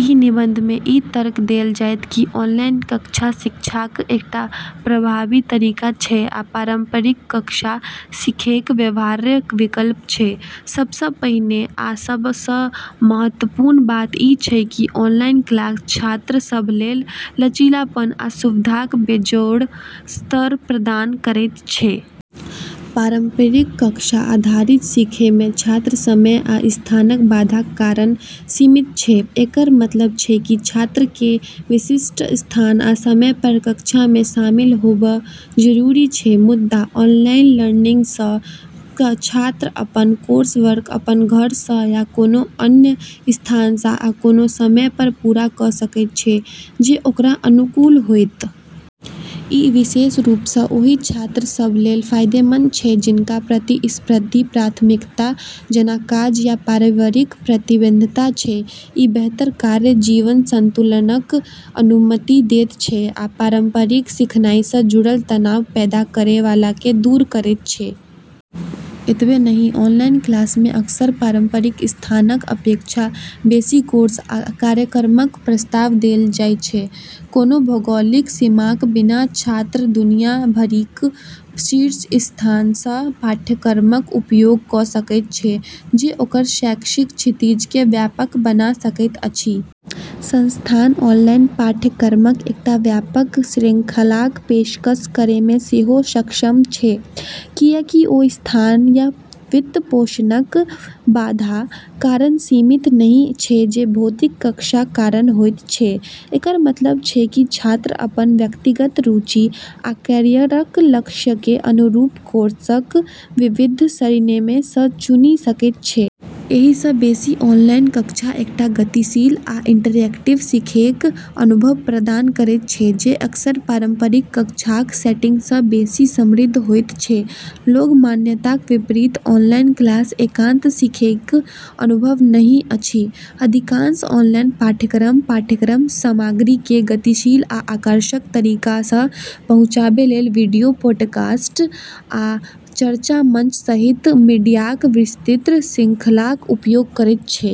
ई निबंधमे ई तर्क देल जायत कि ऑनलाइन कक्षा शिक्षाक एकटा प्रभावी तरीका छै आ पारंपरिक कक्षा सीखैक व्यवहार्य विकल्प छै। सबसँ पहिने आ सबसँ महत्वपूर्ण बात ई छै कि ऑनलाइन क्लास छात्र सभलेल लचीलापन आ सुविधाक बेजोड़ स्तर प्रदान करैत छै। पारंपरिक कक्षा आधारित सीखैमे छात्र समय आ स्थानक बाधा कारण सीमित छै। एकर मतलब छै कि छात्रकेँ विशिष्ट स्थान आ समयपर कक्षामे शामिल होबऽ जरूरी छै। मुदा, ऑनलाइन लर्निंगसँ छात्र अपन कोर्सवर्क अपन घरसँ, या कोनो अन्य स्थानसँ आ कोनो समयपर पूरा कऽ सकैत छै जे ओकरा अनुकूल होयत। ई विशेष रूपसँ ओहि छात्र सभलेल फायदेमंद छै जिनका प्रतिस्पर्धी प्राथमिकता जेना काज या पारिवारिक प्रतिबद्धता छै। ई बेहतर कार्य-जीवन संतुलनक अनुमति दैत छै आ पारंपरिक सीखनाइसँ जुड़ल तनाव पैदा करै वालाकेँ दूर करैत छै। एतबे नहि, ऑनलाइन क्लासमे अक्सर पारंपरिक संस्थानक अपेक्षा बेसि कोर्स आ कार्यक्रमक प्रस्ताव देल जाइछ। कोनो भौगोलिक सीमाक बिना छात्र दुनिया भरिक शीर्ष संस्थानसँ पाठ्यक्रमक उपयोग कऽ सकैत छै, जे ओकर शैक्षिक क्षितिजकेँ व्यापक बना सकैत अछि। संस्थान ऑनलाइन पाठ्यक्रमक एकटा व्यापक श्रृंखलाक पेशकश करैमे सेहो सक्षम छै, कियाकि ओ स्थान या वित्तपोषणक बाधा कारण सीमित नहि छै जे भौतिक कक्षा कारण होइत छै। एकर मतलब छै कि छात्र अपन व्यक्तिगत रुचि आ कैरियरक लक्ष्यक अनुरूप कोर्सक विविध सरणीमे सँ चुनि सकैत छै। एहिसँ बेसि, ऑनलाइन कक्षा एकटा गतिशील आ इंटरैक्टिव सीखैक अनुभव प्रदान करैत छै जे अक्सर पारंपरिक कक्षाक सेटिंगसँ बेसि समृद्ध होइत छै। लोक मान्यताक विपरीत ऑनलाइन क्लास एकांत सीखैक अनुभव नहि अछि। अधिकांश ऑनलाइन पाठ्यक्रम पाठ्यक्रम सामग्रीकेँ गतिशील आ आकर्षक तरीकासँ पहुँचाबैलेल वीडियो, पॉडकास्ट, आ चर्चा मंच सहित मीडियाक विस्तृत श्रृंखलाक उपयोग करैत छै।